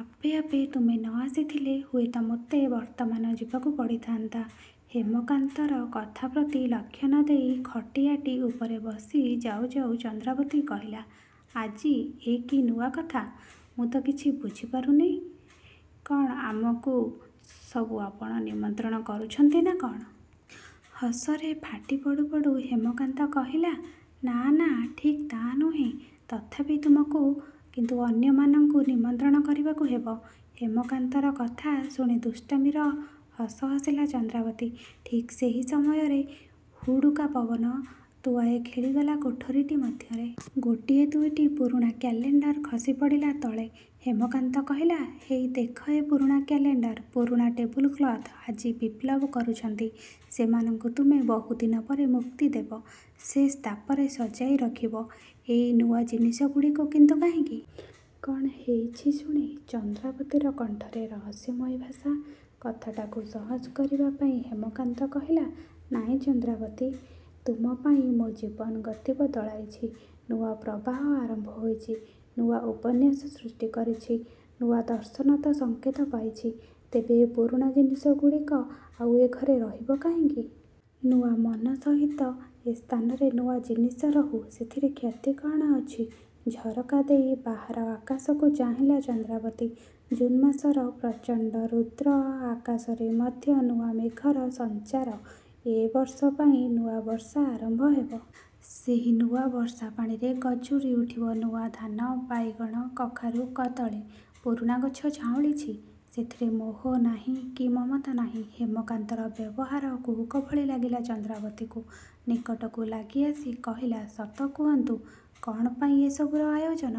ଆପେ ଆପେ ତୁମେ ନ ଆସିଥିଲେ ହୁଏତ ମୋତେ ବର୍ତ୍ତମାନ ଯିବାକୁ ପଡ଼ିଥାନ୍ତା। '' ହେମକାନ୍ତର କଥା ପ୍ରତି ଲକ୍ଷ୍ୟ ନ ଦେଇ ଖଟିଆଟି ଉପରେ ବସି ଯାଉ ଯାଉ ଚନ୍ଦ୍ରାବତୀ କହିଲା''ଆଜି ଏ କି ନୂଆ କଥା। ମୁଁ ତ କିଛି ବୁଝିପାରୁନି। କ'ଣ ଆମକୁ ସବୁ ଆପଣ ନିମନ୍ତ୍ରଣ କରୁଛନ୍ତି ନାଁ କ'ଣ? '' ହସରେ ଫାଟି ପଡ଼ୁ ପଡ଼ୁ ହେମକାନ୍ତ କହିଲା ''ନାଁ ନାଁ ଠିକ୍ ତା' ନୁହେଁ, ତଥାପି ତୁମକୁ କିନ୍ତୁ ଅନ୍ୟମାନଙ୍କୁ ନିମନ୍ତ୍ରଣ କରିବାକୁ ହେବ। '' ହେମକାନ୍ତର କଥା ଶୁଣି ଦୁଷ୍ଟାମୀର ହସ ହସିଲା ଚନ୍ଦ୍ରାବତୀ। ଠିକ୍ ସେହି ସମୟରେ ହୁଡ଼ୁକା ପବନ ତୁଆଏ ଖେଳିଗଲା କୋଠରୀଟି ମଧ୍ୟରେ। ଗୋଟିଏ ଦୁଇଟି ପୁରୁଣା କ୍ୟାଲେଣ୍ଡର ଖସିପଡ଼ିଲା ତଳେ। ହେମକାନ୍ତ କହିଲା ''ହେଇ ଦେଖ ଏ ପୁରୁଣା କ୍ୟାଲେଣ୍ଡର, ପୁରୁଣା ଟେବୁଲ କ୍ଲଥ୍ ଆଜି ବିପ୍ଲବ କରିଛନ୍ତି। ସେମାନଙ୍କୁ ତୁମେ ବହୁଦିନ ପରେ ମୁକ୍ତି ଦେବ। ସେ ସ୍ଥାପରେ ସଜାଇ ରଖିବ ଏଇ ନୂଆ ଜିନିଷଗୁଡ଼ିକୁ। '' ''କିନ୍ତୁ କାହିଁକି? କ'ଣ ହେଇଛି ଶୁଣେ। '' ଚନ୍ଦ୍ରାବତୀର କଣ୍ଠରେ ରହସ୍ୟମୟୀ ଭାଷା। କଥାଟାକୁ ସହଜ କରିବା ପାଇଁ ହେମକାନ୍ତ କହିଲା''ନାଇଁ ଚନ୍ଦ୍ରାବତୀ, ତୁମପାଇଁ ମୋ ଜୀବନ ଗତି ବଦଳାଇଛି। ନୂଆ ପ୍ରବାହ ଆରମ୍ଭ ହୋଇଛି, ନୂଆ ଉପନ୍ୟାସ ସୃଷ୍ଟି କରିଛି, ନୂଆ ଦର୍ଶନତ ସଙ୍କେତ ପାଇଛି। ତେବେ ଏ ପୁରୁଣା ଜିନିଷଗୁଡ଼ିକ ଆଉ ଏ ଘରେ ରହିବ କାହିଁକି? ନୂଆ ମନ ସହିତ ଏ ସ୍ଥାନରେ ନୂଆ ଜିନିଷ ରହୁ। ସେଥିରେ କ୍ଷତି କ'ଣ ଅଛି? '' ଝରକା ଦେଇ ବାହାର ଆକାଶକୁ ଚାହିଁଲା ଚନ୍ଦ୍ରାବତୀ। ଜୁନ୍ମାସର ପ୍ରଚଣ୍ଡ ରୁଦ୍ର ଆକାଶରେ ମଧ୍ୟ ନୂଆ ମେଘର ସଞ୍ଚାର। ଏ ବର୍ଷ ପାଇଁ ନୂଆ ବର୍ଷା ଆରମ୍ଭ ହେବ। ସେହି ନୂଆ ବର୍ଷା ପାଣିରେ ଗଜୁରି ଉଠିବ ନୂଆ ଧାନ, ବାଇଗଣ, କଖାରୁ, କଦଳୀ। ପୁରୁଣା ଗଛ ଝାଉଁଳିଛି। ସେଥିରେ ମୋହ ନାହିଁ କି ମମତା ନାହିଁ। ହେମକାନ୍ତର ବ୍ୟବହାର କୁହୁକ ଭଳି ଲାଗିଲା ଚନ୍ଦ୍ରାବତୀକୁ। ନିକଟକୁ ଲାଗି ଆସି କହିଲା ''ସତ କୁହନ୍ତୁ.. କ'ଣ ପାଇଁ ଏ ସବୁର ଆୟୋଜନ।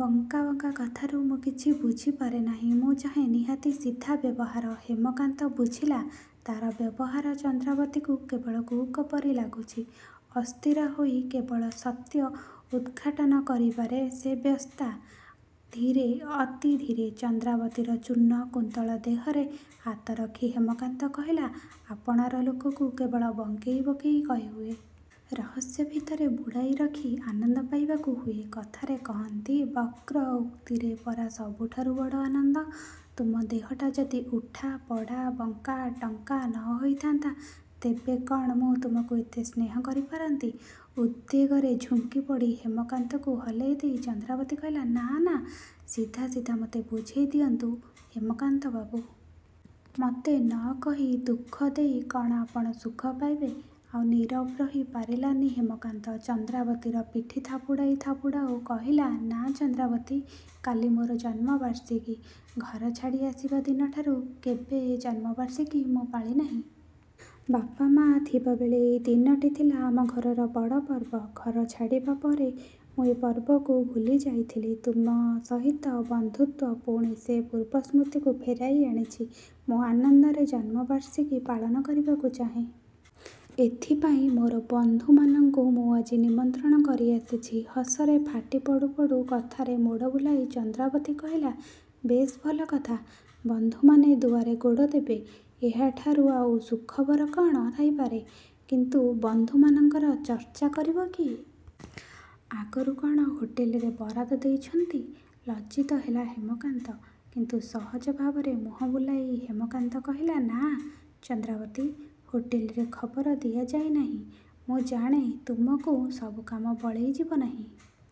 ବଙ୍କା ବଙ୍କା କଥାରୁ ମୁଁ କିଛି ବୁଝି ପାରେନାହିଁ। ମୁଁ ଚାହେଁ ନିହାତି ସିଧା ବ୍ୟବହାର। '' ହେମକାନ୍ତ ବୁଝିଲା ତା'ର ବ୍ୟବହାର ଚନ୍ଦ୍ରାବତୀକୁ କେବଳ କୁହୁକ ପରି ଲାଗୁଛି। ଅସ୍ଥିରା ହୋଇ କେବଳ ସତ୍ୟ ଉଦ୍ଘାଟନ କରିବାରେ ସେ ବ୍ୟସ୍ତା। ଧୀରେ ଅତି ଧୀରେ ଚନ୍ଦ୍ରାବତୀର ଚୂର୍ଣ୍ଣ କୁନ୍ତଳ ଦେହରେ ହାତ ରଖି ହେମକାନ୍ତ କହିଲା''ଆପଣାର ଲୋକକୁ କେବଳ ବଙ୍କେଇ ବଙ୍କେଇ କହି ହୁଏ। ରହସ୍ୟ ଭିତରେ ବୁଡ଼ାଇରଖି ଆନନ୍ଦ ପାଇବାକୁ ହୁଏ। କଥାରେ କହନ୍ତି ବକ୍ର ଉକ୍ତିରେ ପରା ସବୁଠାରୁ ବଡ଼ ଆନନ୍ଦ। ତୁମ ଦେହଟା ଯଦି ଉଠା, ପଡ଼ା, ବଙ୍କା, ଟଙ୍କା ନ ହୋଇଥାନ୍ତା ତେବେ କ'ଣ ମୁଁ ତୁମକୁ ଏତେ ସ୍ନେହ କରି ପାରନ୍ତି? '' ଉଦ୍ବେଗରେ ଝୁଙ୍କି ପଡ଼ି ହେମକାନ୍ତକୁ ହଲେଇ ଦେଇ ଚନ୍ଦ୍ରାବତୀ କହିଲା''ନାଁ ନାଁ ସିଧା ସିଧା ମୋତେ ବୁଝାଇ ଦିଅନ୍ତୁ ହେମକାନ୍ତ ବାବୁ! ମୋତେ ନ କହି ଦୁଃଖ ଦେଇ କ'ଣ ଆପଣ ସୁଖ ପାଇବେ? '' ଆଉ ନୀରବ ରହି ପାରିଲାନି ହେମକାନ୍ତ। ଚନ୍ଦ୍ରାବତୀର ପିଠି ଥାପୁଡ଼ାଇ ଥାପୁଡ଼ାଉ କହିଲା''ନାଁ ଚନ୍ଦ୍ରାବତୀ! କାଲି ମୋର ଜନ୍ମବାର୍ଷିକୀ। ଘର ଛାଡ଼ି ଆସିବା ଦିନଠାରୁ କେବେ ଏ ଜନ୍ମବାର୍ଷିକୀ ମୁଁ ପାଳିନାହିଁ। ବାପା ମାଆ ଥିବାବେଳେ ଏଇ ଦିନଟି ଥିଲା ଆମ ଘରର ବଡ଼ ପର୍ବ। ଘର ଛାଡ଼ିବା ପରେ ମୁଁ ଏ ପର୍ବକୁ ଭୁଲି ଯାଇଥିଲି। ତୁମ ସହିତ ବନ୍ଧୁତ୍ୱ ପୁଣି ସେ ପୂର୍ବ ସ୍ମୃତିକୁ ଫେରାଇ ଆଣିଛି। ମୁଁ ଆନନ୍ଦରେ ଜନ୍ମବର୍ଷିକୀ ପାଳନ କରିବାକୁ ଚାହେଁ। ଏଥିପାଇଁ ମୋର ବନ୍ଧୁମାନଙ୍କୁ ମୁଁ ଆଜି ନିମନ୍ତ୍ରଣ କରି ଆସିଛି। '' ହସରେ ଫାଟି ପଡ଼ୁ ପଡ଼ୁ କଥାରେ ମୋଡ଼ ବୁଲାଇ ଚନ୍ଦ୍ରାବତୀ କହିଲା''ବେଶ୍ ଭଲ କଥା। ବନ୍ଧୁମାନେ ଦୁଆରେ ଗୋଡ଼ ଦେବେ ଏହାଠାରୁ ଆଉ ସୁଖବର କ'ଣ ଥାଇପାରେ? କିନ୍ତୁ ବନ୍ଧୁମାନଙ୍କର ଚର୍ଚ୍ଚା କରିବ କିଏ? ଆଗରୁ କ'ଣ ହୋଟେଲରେ ବରାଦ ଦେଇଛନ୍ତି? '' ଲଜ୍ଜିତ ହେଲା ହେମକାନ୍ତ କିନ୍ତୁ ସହଜ ଭାବରେ ମୁହଁ ବୁଲାଇ ହେମକାନ୍ତ କହିଲା''ନାଁ... ଚନ୍ଦ୍ରାବତୀ! ହୋଟେଲରେ ଖବର ଦିଆଯାଇ ନାହିଁ। ମୁଁ ଜାଣେ ତୁମକୁ, ସବୁ କାମ ବଳେଇ ଯିବନାହିଁ।